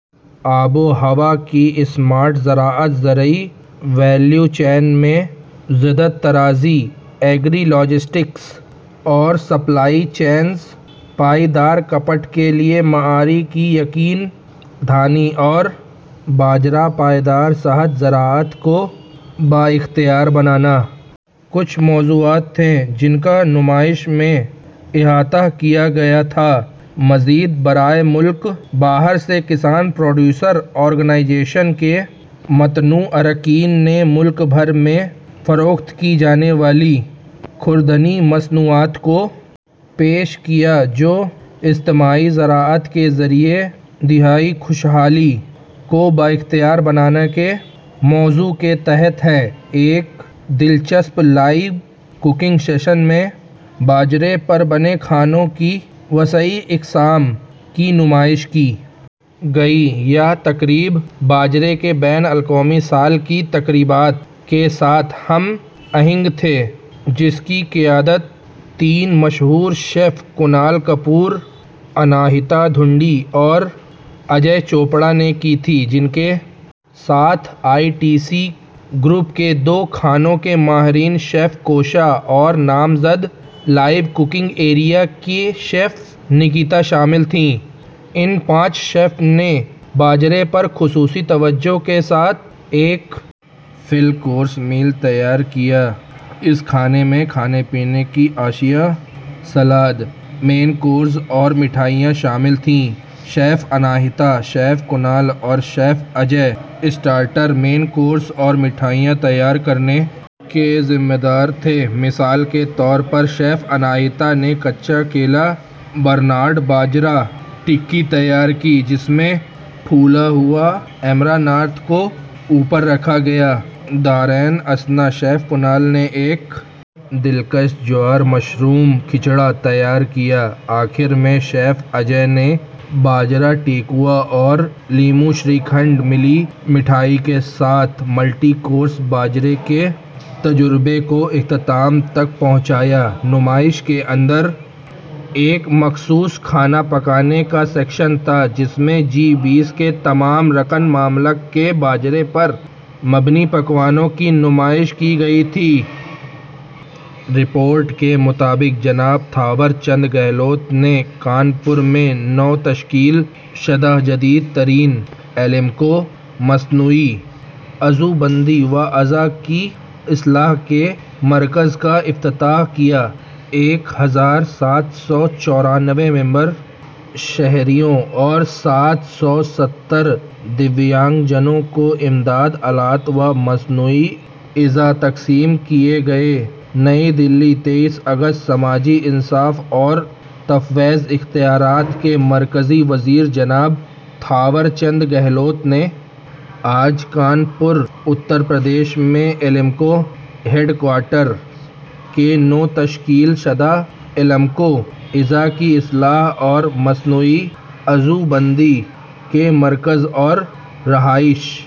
آب و ہوا کی اسمارٹ زراعت زرعی ویلیو چین میں جدت طرازی ایگری لاجسٹکس اور سپلائی چینز پائیدار کھپت کے لیے معیار کی یقین دہانی اور باجرا پائیدار صحت زراعت کو بااختیار بنانا کچھ موضوعات تھے جن کا نمائش میں احاطہ کیا گیا تھا مزید برآں ملک بھر سے کسان پروڈیوسر آرگنائزیشنز کے متنوع اراکین نے ملک بھر میں فروخت کی جانے والی خوردنی مصنوعات کو پیش کیا جو اجتماعی زراعت کے ذریعے دیہی خوشحالی کو بااختیار بنانا کے موضوع کے تحت ہیں ایک دلچسپ لائیو ککنگ سیشن میں باجرے پر مبنی کھانوں کی وسیع اقسام کی نمائش کی گئی یہ تقریب باجرے کے بین الاقوامی سال کی تقریبات کے ساتھ ہم آہنگ تھی جس کی قیادت تین مشہور شیف کنال کپور اناہیتا ڈھونڈی اور اجے چوپڑا نے کی تھی جن کے ساتھ آئی ٹی سی گروپ کے دو کھانوں کے ماہرین شیف کوشا اور نامزد لائیو ککنگ ایریا کے شیف نیکیتا شامل تھیں ان پانچ شیف نے باجرے پر خصوصی توجہ کے ساتھ ایک فل کورس میل تیار کیا اس کھانے میں کھانے پینے کی اشیا سلاد مین کورسز اور مٹھائیاں شامل تھیں شیف اناہیتا شیف کنال اور chef Ajay starter main course اور مٹھائی تیار کرنے کے ذمہ دار تھے مثال کے طور پر شیف اناہیتا نے کچا کیلا برنارڈ باجرا ٹکی تیار کی جس میں پھولے ہوئے امرانتھ کو اوپر رکھا گیا دریں اثنا شیف کنال نے ایک دلکش جوار مشروم کھچڑا تیار کیا آخر میں شیف اجے نے باجرا ٹھیکوا اور لیموں شری کھنڈ ملی مٹھائی کے ساتھ ملٹی کورس باجرے کے تجربے کو اختتام تک پہنچایا نمائش کے اندر ایک مخصوص کھانا پکانے کا سیکشن تھا جس میں جی بیس کے تمام رکن ممالک کے باجرے پر مبنی پکوانوں کی نمائش کی گئی تھی ادھر سماجی انصاف اور تفویض اختیارات کی وزارت کے مطابق جناب تھاور چند گہلوت نے کانپور میں نو تشکیل شدہ جدید ترین ایلمکو مصنوعی عضو بندی و اعضا کی اصلاح کے مرکز کا افتتاح کیا ایک ہزار سات سو چورانوے معمر شہریوں اور سات سو ستر دویانگ جنوں کو امدادی آلات و مصنوعی اعضا تقسیم کیے گئے نئی دہلی تئیس اگست سماجی انصاف اور تفویض اختیارات کے مرکزی وزیر جناب تھاور چند گہلوت نے آج کانپور اتر پردیش میں ایلمکو ہیڈ کوارٹرز کے نو تشکیل شدہ ایلمکو اعضا کی اصلاح اور مصنوعی عضو بندی کے مرکز اور رہائشی